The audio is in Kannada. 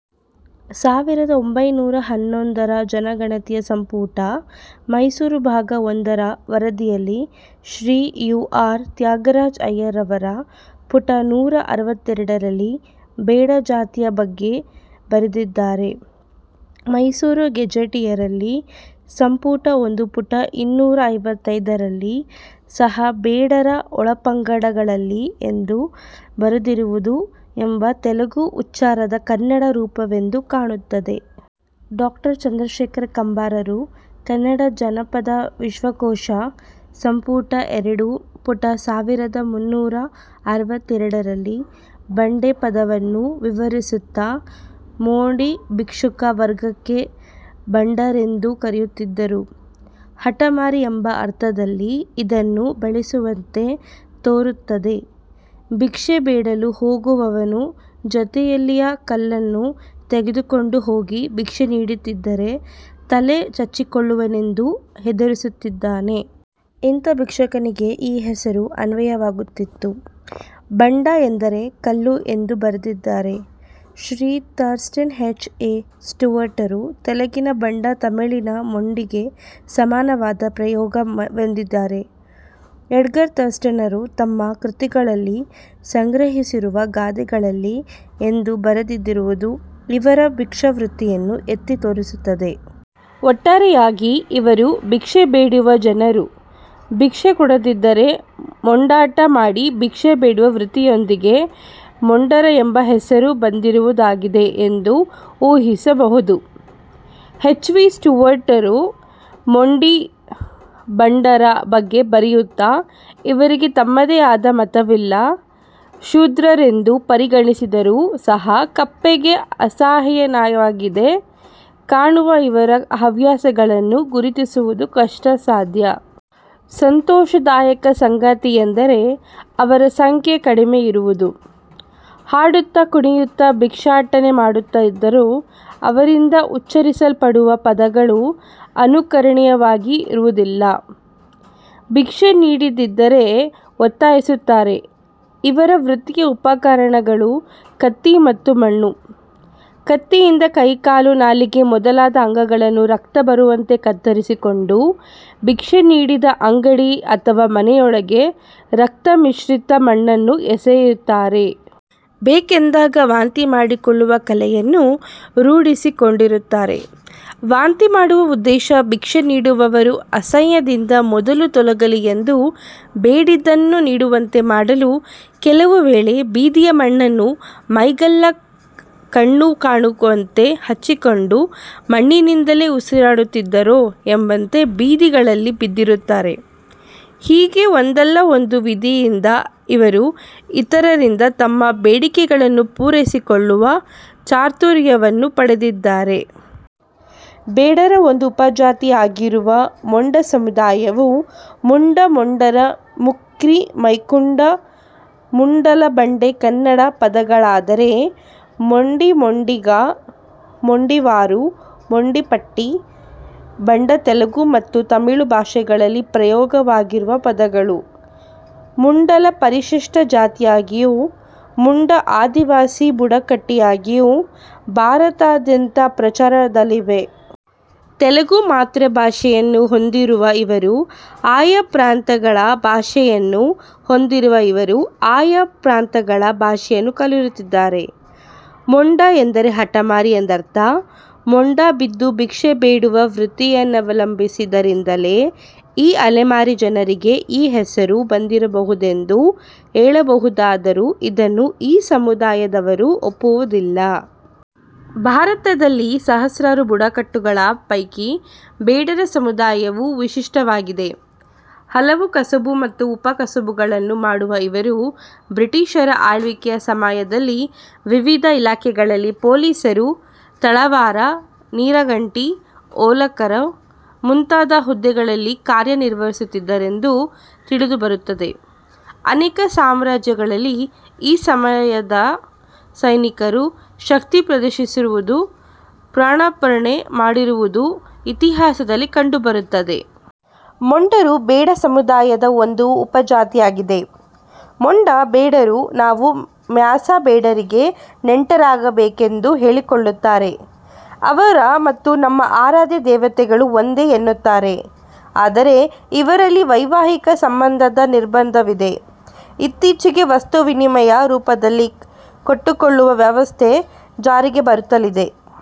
ಸಾವಿರದ ಒಂಭೈನೂರ ಹನ್ನೊಂದರ ಜನಗಣತಿಯ ಸಂಪುಟ ಮೈಸೂರು ಭಾಗ ಒಂದರ ವರದಿಯಲ್ಲಿ ಶ್ರೀ ಯು. ಆರ್. ತ್ಯಾಗರಾಜ ಅಯ್ಯರ್ರವರು ಪುಟ ನೂರ ಅರವತ್ತೆರಡರಲ್ಲಿ ಬೇಡ ಜಾತಿಯ ಬಗ್ಗೆ ಬರೆದಿದ್ದಾರೆ. ಮೈಸೂರು ಗೆಜೆಟಿಯರಲ್ಲಿ ಸಂಪುಟ ಒಂದು ಪುಟ ಇನ್ನೂರ ಐವತ್ತೈದರಲ್ಲಿ ಸಹ ಬೇಡರ ಒಳಪಂಗಡಗಳಲ್ಲಿ ಎಂದು ಬರೆದಿರುವುದು ಎಂಬ ತೆಲುಗು ಉಚ್ಚಾರದ ಕನ್ನಡ ರೂಪವೆಂದು ಕಾಣುತ್ತದೆ. ಡಾಕ್ಟರ್ ಚಂದ್ರಶೇಖರ ಕಂಬಾರರು ಕನ್ನಡ ಜಾನಪದ ವಿಶ್ವಕೋಶ, ಸಂಪುಟ ಎರಡು ಪುಟ ಸಾವಿರದ ಮುನ್ನೂರ ಅರವತ್ತೆರಡರಲ್ಲಿ ಬಂಡೆ ಪದವನ್ನು ವಿವರಿಸುತ್ತಾ ಮೊಂಡಿ ಭಿಕ್ಷುಕ ವರ್ಗಕ್ಕೆ ಬಂಡರೆಂದು ಕರೆಯುತ್ತಿದ್ದರು. ಹಟಮಾರಿ ಎಂಬ ಅರ್ಥದಲ್ಲಿ ಇದನ್ನು ಬಳಸುವಂತೆ ತೋರುತ್ತದೆ. ಭಿಕ್ಷೆ ಬೇಡಲು ಹೋಗುವವನು ಜೊತೆಯಲ್ಲಿಯ ಕಲ್ಲನ್ನು ತೆಗೆದುಕೊಂಡು ಹೋಗಿ ಭಿಕ್ಷೆ ನೀಡದಿದ್ದರೆ ತಲೆ ಚಚ್ಚಿಕೊಳ್ಳುವೆನೆಂದು ಹೆದರಿಸುತ್ತಿದ್ದನು. ಇಂಥ ಭಿಕ್ಷುಕನಿಗೆ ಈ ಹೆಸರು ಅನ್ವಯವಾಗುತ್ತಿತ್ತು. ಬಂಡ ಎಂದರೆ ಕಲ್ಲು ಎಂದು ಬರೆದಿದ್ದಾರೆ. Shri Thurston, H. ಎ. ಸ್ಟೂವರ್ಟರು ತೆಲುಗಿನ ಬಂಡ ತಮಿಳಿನ ಮೊಂಡಿಗೆ ಸಮಾನವಾದ ಪ್ರಯೋಗ ವೆಂದಿದ್ದಾರೆ. ಎಡ್ಗರ್ ಥರ್ಸ್ಟ್ನರು ತಮ್ಮ ಕೃತಿಗಳಲ್ಲಿ ಸಂಗ್ರಹಿಸಿರುವ ಗಾದೆಗಳಲ್ಲಿ ಎಂದು ಬರೆದಿರುವುದು ಇವರ ಭಿಕ್ಷಾವೃತ್ತಿಯನ್ನು ಎತ್ತಿ ತೋರಿಸುತ್ತದೆ. ಒಟ್ಟಾರೆಯಾಗಿ ಇವರು ಭಿಕ್ಷೆ ಬೇಡುವ ಜನರು ಭಿಕ್ಷೆ ಕೊಡದಿದ್ದರೆ ಮೊಂಡಾಟ ಮಾಡಿ ಭಿಕ್ಷೆ ಬೇಡುವ ವೃತ್ತಿಯಿಂದಾಗಿ ಮೊಂಡರು ಎಂಬ ಹೆಸರು ಬಂದಿರುವುದಾಗಿದೆ ಎಂದು ಊಹಿಸಬಹುದು. ಹೆಚ್. ವಿ. ಸ್ಟೂವರ್ಟ್ ರು ಮೊಂಡಿ / ಬಂಡರ ಬಗ್ಗೆ ಬರೆಯುತ್ತಾ "ಇವರಿಗೆ ತಮ್ಮದೇ ಆದ ಮತವಿಲ್ಲ. ಶೂದ್ರರೆಂದು ಪರಿಗಣಿಸಿದರೂ ಸಹ ಕಪ್ಪಗೆ ಅಸಹನೀಯವಾಗಿ ಕಾಣುವ ಇವರ ಹವ್ಯಾಸಗಳನ್ನು ಗುರುತಿಸುವುದು ಕಷ್ಟ ಸಾಧ್ಯ. ಸಂತೋಷದಾಯಕ ಸಂಗತಿಯೆಂದರೆ ಅವರ ಸಂಖ್ಯೆ ಕಡಿಮೆ ಇರುವುದು. ಹಾಡುತ್ತಾ ಕುಣಿಯುತ್ತಾ ಭಿಕ್ಷಾಟನೆ ಮಾಡುತ್ತಾರಾದರೂ ಅವರಿಂದ ಉಚ್ಚರಿಸಲ್ಪಡುವ ಪದಗಳು ಅನುಕರಣೀಯವಾಗಿ ರುವುದಿಲ್ಲ. ಭಿಕ್ಷೆ ನೀಡದಿದ್ದರೆ ಒತ್ತಾಯಿಸುತ್ತಾರೆ. ಇವರ ವೃತ್ತಿಯ ಉಪಕರಣಗಳು ಕತ್ತಿ ಮತ್ತು ಮಣ್ಣು. ಕತ್ತಿಯಿಂದ ಕೈ ಕಾಲು ನಾಲಿಗೆ ಮೊದಲಾದ ಅಂಗಗಳನ್ನು ರಕ್ತ ಬರುವಂತೆ ಕತ್ತರಿಸಿಕೊಂಡು, ಭಿಕ್ಷೆ ನೀಡದ ಅಂಗಡಿ ಅಥವಾ ಮನೆಯೊಳಕ್ಕೆ ರಕ್ತಮಿಶ್ರಿತ ಮಣ್ಣನ್ನು ಎಸೆಯುತ್ತಾರೆ. ಬೇಕೆಂದಾಗ ವಾಂತಿ ಮಾಡಿಕೊಳ್ಳುವ ಕಲೆಯನ್ನು ರೂಢಿಸಿಕೊಂಡಿರುತ್ತಾರೆ. ವಾಂತಿ ಮಾಡುವ ಉದ್ದೇಶ ಭಿಕ್ಷೆ ನೀಡುವವರು ಅಸಹ್ಯದಿಂದ ಮೊದಲು ತೊಲಗಲಿ ಎಂದು ಬೇಡಿದ್ದನ್ನು ನೀಡುವಂತೆ ಮಾಡಲು ಕೆಲವು ವೇಳೆ ಬೀದಿಯ ಮಣ್ಣನ್ನು ಮೈಗೆಲ್ಲಾ ಕಣ್ಣು ಕಾಣುವಂತೆ ಹಚ್ಚಿಕೊಂಡು ಮಣ್ಣಿನಿಂದಲೇ ಉಸಿರಾಡುತ್ತಿದ್ದಾರೋ ಎಂಬಂತೆ ಬೀದಿ ಗಳಲ್ಲಿ ಬಿದ್ದಿರುತ್ತಾರೆ. ಹೀಗೆ ಒಂದಲ್ಲ ಒಂದು ವಿಧಿಯಿಂದ ಇವರು ಇತರರಿಂದ ತಮ್ಮ ಬೇಡಿಕೆಗಳನ್ನು ಪೂರೈಸಿಕೊಳ್ಳುವ ಚಾತುರ್ಯವನ್ನು ಪಡೆದಿದ್ದಾರೆ". ಬೇಡರ ಒಂದು ಉಪಜಾತಿಯಾಗಿರುವ ಮೊಂಡ ಸಮುದಾಯವು ಮುಂಡ ಮೊಂಡರು ಮುಕ್ರಿ ಮೈಕುಂಡ, ಮುಂಡಲ ಬಂಡೆ ಕನ್ನಡ ಪದಗಳಾದರೆ ಮೊಂಡಿ, ಮೊಂಡಿಗ, ಮೊಂಡಿವಾರು, ಮೊಂಡಿಪಟ್ಟಿ, ಬಂಡ ತೆಲುಗು ಮತ್ತು ತಮಿಳು ಭಾಷೆಗಳಲ್ಲಿ ಪ್ರಯೋಗ ವಾಗಿರುವ ಪದಗಳು. ಮುಂಡಲ ಪರಿಶಿಷ್ಟ ಜಾತಿಯಾಗಿಯೂ ಮುಂಡ ಆದಿವಾಸಿ ಬುಡಕಟ್ಟಾಗಿಯೂ ಭಾರತದಾದ್ಯಂತ ಪ್ರಚಾರದಲ್ಲಿವೆ. ತೆಲುಗು ಮಾತೃಭಾಷೆಯನ್ನು ಹೊಂದಿ ರುವ ಇವರು ಆಯಾ ಪ್ರಾಂತಗಳ ಭಾಷೆಯನ್ನು ಹೊಂದಿರುವ ಇವರು ಆಯಾ ಪ್ರಾಂತಗಳ ಭಾಷೆಯನ್ನು ಕಲಿತಿರುತ್ತಾರೆ. ಮೊಂಡ ಎಂದರೆ ಹಠಮಾರಿ ಎಂದರ್ಥ. ಮೊಂಡು ಬಿದ್ದು ಭಿಕ್ಷೆ ಬೇಡುವ ವೃತ್ತಿಯನ್ನವಲಂಬಿಸಿದ್ದರಿಂದಲೇ ಈ ಅಲೆಮಾರಿ ಜನರಿಗೆ ಈ ಹೆಸರು ಬಂದಿರಬಹುದೆಂದು ಹೇಳಬಹುದಾದರೂ ಇದನ್ನು ಈ ಸಮುದಾಯದವರು ಒಪ್ಪುವುದಿಲ್ಲ. ಭಾರತದಲ್ಲಿ ಸಹಸ್ರಾರು ಬುಡಕಟ್ಟುಗಳ ಪೈಕಿ ಬೇಡರ ಸಮುದಾಯವು ವಿಶಿಷ್ಟವಾಗಿದೆ. ಹಲವು ಕಸುಬು ಮತ್ತು ಉಪ ಕಸುಬುಗಳನ್ನು ಮಾಡುವ ಇವರು ಬ್ರಿಟಿಷರ ಆಳ್ವಿಕೆಯ ಸಮಯದಲ್ಲಿ ವಿವಿಧ ಇಲಾಖೆಗಳಲ್ಲಿ ಪೋಲಿಸರು, ತಳವಾರ, ನೀರಗಂಟಿ, ಓಲೆಕಾರ ಮುಂತಾದ ಹುದ್ದೆಗಳಲ್ಲಿ ಕಾರ್ಯ ನಿರ್ವಹಿಸುತ್ತಿದ್ದರೆಂದು ತಿಳಿದು ಬರುತ್ತದೆ. ಅನೇಕ ಸಾಮ್ರಾಜ್ಯಗಳಲ್ಲಿ ಈ ಸಮುದಾಯದ ಸೈನಿಕರು ಶಕ್ತಿ ಪ್ರದರ್ಶಿಸಿರುವುದು ಪ್ರಾಣಾರ್ಪಣೆ ಮಾಡಿರುವುದು ಇತಿಹಾಸದಲ್ಲಿ ಕಂಡು ಬರುತ್ತದೆ. ಮೊಂಡರು ಬೇಡ ಸಮುದಾಯದ ಒಂದು ಉಪಜಾತಿಯಾಗಿದೆ. ಮೊಂಡ ಬೇಡರು ನಾವು ಮ್ಯಾಸಬೇಡರಿಗೆ ನೆಂಟರಾಗಬೇಕೆಂದು ಹೇಳಿಕೊಳ್ಳುತ್ತಾರೆ. ಅವರ ಮತ್ತು ನಮ್ಮ ಆರಾಧ್ಯ ದೇವತೆಗಳು ಒಂದೇ ಎನ್ನುತ್ತಾರೆ. ಆದರೆ ಇವರಲ್ಲಿ ವೈವಾಹಿಕ ಸಂಬಂಧದ ನಿರ್ಬಂಧವಿದೆ. ಇತ್ತೀಚೆಗೆ ವಸ್ತು ವಿನಿಮಯ ರೂಪದಲ್ಲಿ ಕೊಟ್ಟುಕೊಳ್ಳುವ ವ್ಯವಸ್ಥೆ ಜಾರಿಗೆ ಬರುತ್ತಲಿದೆ.